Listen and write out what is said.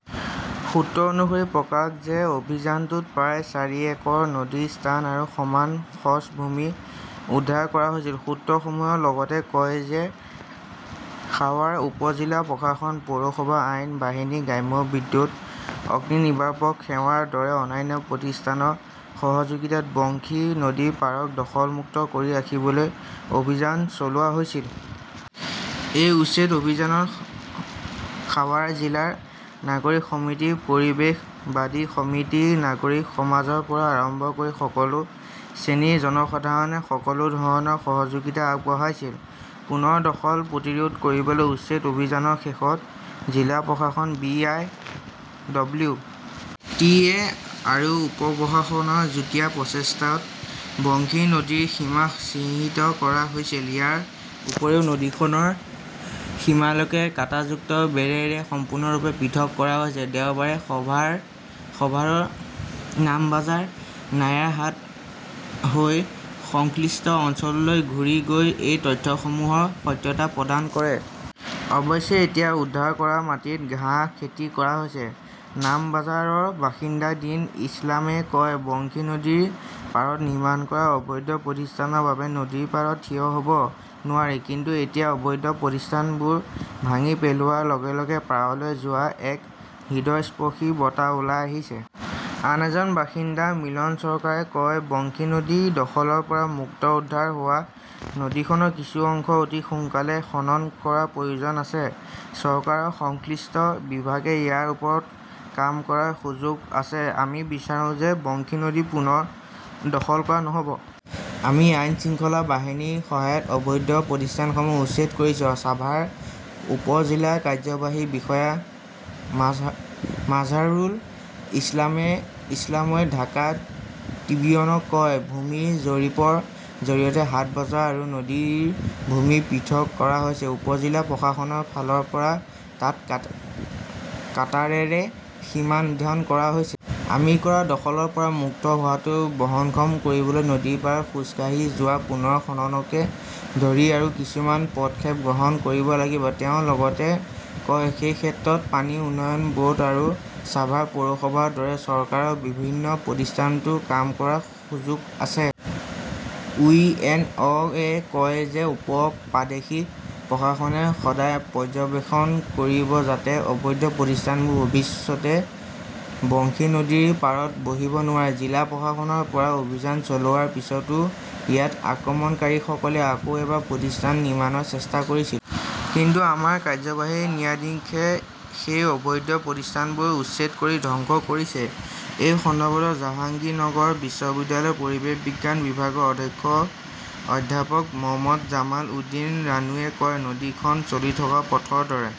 সুত্ৰ অনুসৰি প্ৰকাশ যে, অভিযানটোত প্ৰায় চাৰি একৰ নদীৰ স্থান আৰু সমান খছ ভূমি উদ্ধাৰ কৰা হৈছিল। সূত্ৰসমূহে লগতে কয় যে সাৱাৰ উপ-জিলা প্ৰশাসন, পৌৰসভা, আইন বাহিনী, গ্ৰাম্য বিদ্যুৎ, অগ্নিনিৰ্বাপক সেৱাৰ দৰে অন্যান্য প্ৰতিষ্ঠানৰ সহযোগিতাত বংশী নদীৰ পাৰক দখল-মুক্ত কৰি ৰাখিবলৈ অভিযান চলোৱা হৈছিল। এই উচ্ছেদ অভিযানত সাৱাৰ জিলাৰ নাগৰিক সমিতি পৰিৱেশবাদী সমিতি, নাগৰিক সমাজৰ পৰা আৰম্ভ কৰি সকলো শ্ৰেণীৰ জনসাধাৰণে সকলো ধৰণৰ সহযোগিতা আগবঢ়াইছিল। পুনৰ দখল প্ৰতিৰোধ কৰিবলৈ উচ্ছেদ অভিযানৰ শেষত জিলা প্ৰশাসন, B. I. W. T. A. আৰু উপ-প্ৰশাসনৰ যুটীয়া প্ৰচেষ্টাত বংশী নদীৰ সীমা চিহ্নিত কৰা হৈছিল। ইয়াৰ উপৰিও নদীখনৰ সীমালৈকে কাঁটাযুক্ত বেৰেৰে সম্পূৰ্ণৰূপে পৃথক কৰা হৈছে। দেওবাৰে সভাৰৰ নামাবাজাৰ, নায়াৰহাট হৈ সংশ্লিষ্ট অঞ্চললৈ ঘূৰি গৈ এই তথ্যসমূহৰ সত্যতা প্ৰদান কৰে। অৱশ্যে, এতিয়া উদ্ধাৰ কৰা মাটিত ঘাঁহ খেতি কৰা হৈছে। নামবাজাৰৰ বাসিন্দা দিন ইছলামই কয়, বংশী নদীৰ পাৰত নিৰ্মাণ কৰা অবৈধ প্ৰতিষ্ঠানৰ বাবে নদীৰ পাৰত থিয় হ'ব নোৱাৰি। কিন্তু এতিয়া অবৈধ প্ৰতিষ্ঠানবোৰ ভাঙি পেলোৱাৰ লগে লগে পাৰলৈ যোৱা এক হৃদয়স্পৰ্শী বতাহ ওলাই আহিছে। আন এজন বাসিন্দা মিলন চৰকাৰে কয়, বংশী নদী দখলৰ পৰা মুক্ত। উদ্ধাৰ হোৱা নদীখনৰ কিছু অংশ অতি সোনকালে খনন কৰাৰ প্ৰয়োজন আছে। চৰকাৰৰ সংশ্লিষ্ট বিভাগে ইয়াৰ ওপৰত কাম কৰাৰ সুযোগ আছে। আমি বিচাৰো যে বংশী নদী পুনৰ দখল কৰা নহ 'ব। আমি আইন-শৃংখলা বাহিনীৰ সহায়ত অবৈধ প্ৰতিষ্ঠানসমূহ উচ্ছেদ কৰিছো, ছাভাৰ উপ-জিলা কাৰ্যবাহী বিষয়া মাজহাৰুল ইছলামই ঢাকা ট্ৰিবিউনক কয়। ভূমি জৰীপৰ জৰিয়তে হাট-বজাৰ আৰু নদীৰ ভূমি পৃথক কৰা হৈছে। উপ-জিলা প্ৰশাসনৰ ফালৰ পৰা তাত কাঁটাৰেৰে সীমা নিৰ্ধাৰণ কৰা হৈছে। আমি কৰা দখলৰ পৰা মুক্ত হোৱাটো বহনক্ষম কৰিবলৈ নদীৰ পাৰত খোজকাঢ়ি যোৱা, পুনৰ খননকে ধৰি আৰু কিছুমান পদক্ষেপ গ্ৰহণ কৰিব লাগিব, তেওঁ লগতে কয়। সেই ক্ষেত্ৰত পানী উন্নয়ন ব'ৰ্ড আৰু ছাভাৰ পৌৰসভাৰ দৰে চৰকাৰৰ বিভিন্ন প্ৰতিষ্ঠানতো কাম কৰাৰ সুযোগ আছে। "ওই. এন. অ". -য়ে কয় যে উপ-প্ৰাদেশিক প্ৰশাসনে সদায় পৰ্যবেক্ষণ কৰিব যাতে অবৈধ প্ৰতিষ্ঠানবোৰ ভৱিষ্যতে বংশী নদীৰ পাৰত বহিব নোৱাৰে। "জিলা প্ৰশাসনৰ পৰা অভিযান চলোৱাৰ পিছতো ইয়াত আক্ৰমণকাৰীসকলে আকৌ এবাৰ প্ৰতিষ্ঠান নিৰ্মাণৰ চেষ্টা কৰিছিল। কিন্তু আমাৰ কাৰ্যবাহী ন্যায়াধীশে সেই অবৈধ প্ৰতিষ্ঠানবোৰ উচ্ছেদ কৰি ধ্বংস কৰিছে। এই সন্দৰ্ভত জাহাংগীৰনগৰ বিশ্ববিদ্যালয়ৰ পৰিৱেশ বিজ্ঞান বিভাগৰ অধ্যক্ষ অধ্যাপক মহম্মদ জামাল উদ্দীন ৰানুৱে কয়, নদীখন চলি থকা পথৰ দৰে।